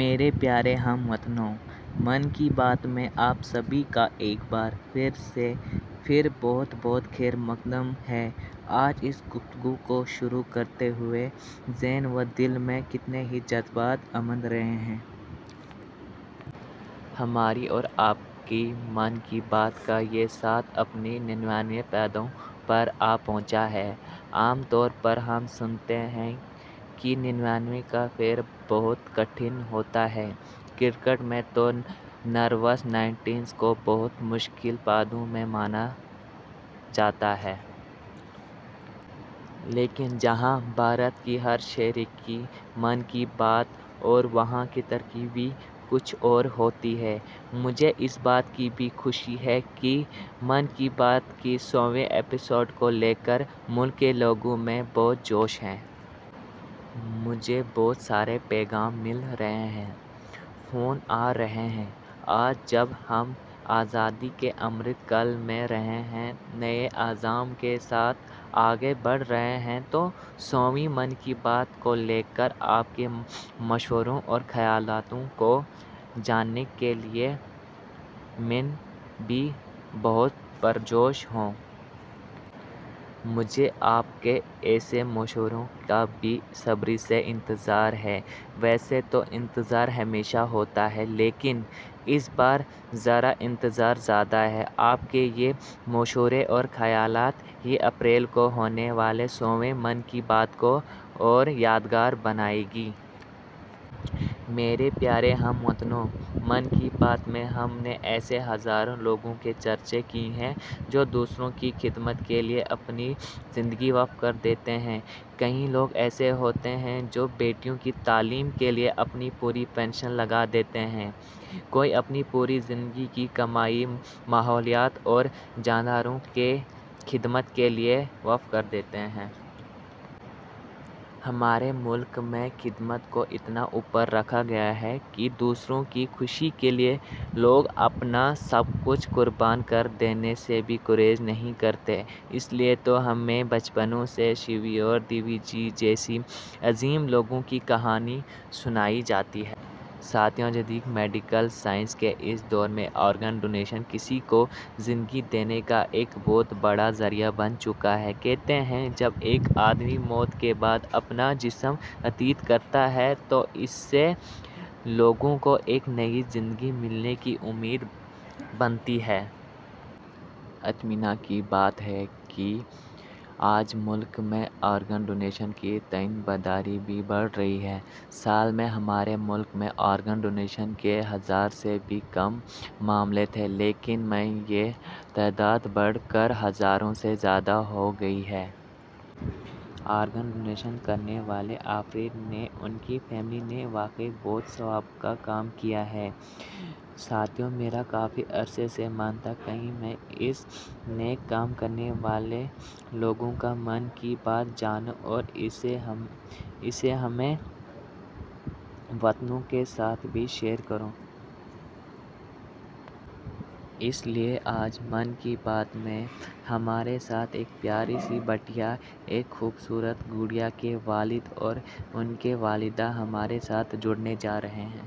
میرے پیارے ہم وطنو، 'من کی بات' میں آپ سبھی کا ایک بار پھر بہت بہت خیر مقدم ہے۔ آج اس گفتگو کو شروع کرتے ہوئے ذہن و دل میں کتنے ہی جذبات امنڈ رہے ہیں۔ ہمارا اور آپ کا 'من کی بات' کا یہ ساتھ، اپنے ننیانوے پائیدان پر آ پہنچا ہے۔ عام طور پر ہم سنتے ہیں کہ ننیانوے کا پھیر بہت کٹھن ہوتا ہے۔ کرکٹ میں تو 'نروَس نائنٹیز' کو بہت مشکل پڑاؤ مانا جاتا ہے۔ لیکن، جہاں بھارت کے ہر شہری کے 'من کی بات' ہو، وہاں کی ترغیب ہی کچھ اور ہوتی ہے۔ مجھے اس بات کی بھی خوشی ہے کہ 'من کی بات' کے سوویں ایپی سوڈ کو لے کر ملک کے لوگوں میں بہت جوش ہے۔ مجھے بہت سارے پیغام مل رہے ہیں، فون آ رہے ہیں۔ آج جب ہم آزادی کا امرت کال منا رہے ہیں، نئے عزائم کے ساتھ آگے بڑھ رہے ہیں، تو سوویں 'من کی بات' کو لے کر، آپ کے مشوروں، اور خیالات کو جاننے کے لیے میں بھی بہت پرجوش ہوں۔ مجھے، آپ کے ایسے مشوروں کا بے صبری سے انتظار ہے۔ ویسے تو انتظار ہمیشہ ہوتا ہے لیکن اس بار ذرا انتظار زیادہ ہے۔ آپ کے یہ مشورے اور خیالات ہی اپریل کو ہونے والے سوویں 'من کی بات' کو اور یادگار بنائیں گے۔ میرے پیارے ہم وطنو، 'من کی بات' میں ہم نے ایسے ہزاروں لوگوں کی چرچہ کی ہے، جو دوسروں کی خدمت کے لیے اپنی زندگی وقف کر دیتے ہیں۔ کئی لوگ ایسے ہوتے ہیں جو بیٹیوں کی تعلیم کے لیے اپنی پوری پنشن لگا دیتے ہیں، کوئی اپنی پوری زندگی کی کمائی ماحولیات اور جانداروں کی خدمت کے لیے وقف کر دیتا ہے۔ ہمارے ملک میں خدمت کو اتنا اوپر رکھا گیا ہے کہ دوسروں کی خوشی کے لیے، لوگ اپنا سب کچھ قربان کر دینے سے بھی گریز نہیں کرتے۔ اس لیے تو ہمیں بچپن سے شیوی اور ددھیچی جیسے عظیم لوگوں کی کہانیاں سنائی جاتی ہیں۔ ساتھیو، جدید میڈیکل سائنس کے اس دور میں آرگن ڈونیشن، کسی کو زندگی دینے کا ایک بہت بڑا ذریعہ بن چکا ہے۔ کہتے ہیں، جب ایک آدمی موت کے بعد اپنا جسم عطیہ کرتا ہے، تو اس سے سے لوگوں کو ایک نئی زندگی ملنے کی امید بنتی ہے۔ اطمینان کی بات ہے کہ آج ملک میں آرگن ڈونیشن کے تئیں بیداری بھی بڑھ رہی ہے۔ سال میں، ہمارے ملک میں، آرگن ڈونیشن کے ہزار سے بھی کم معاملے تھے، لیکن میں، یہ تعداد بڑھ کر، ہزار سے زیادہ ہو گئی ہے۔ آرگن ڈونیشن کرنے والے افراد نے، ان کی فیملی نے، واقعی بہت ثواب کا کام کیا ہے۔ ساتھیو، میرا کافی عرصے سے من تھا کہ میں ایسا نیک کام کرنے والے لوگوں کے 'من کی بات' جانوں اور اسےہم وطنوں کے ساتھ بھی شیئر کروں۔ اس لیے آج 'من کی بات' میں ہمارے ساتھ ایک پیاری سی بٹیا، ایک خوبصورت گڑیا کے والد اور ان کی والدہ ہمارے ساتھ جڑنے جا رہے ہیں۔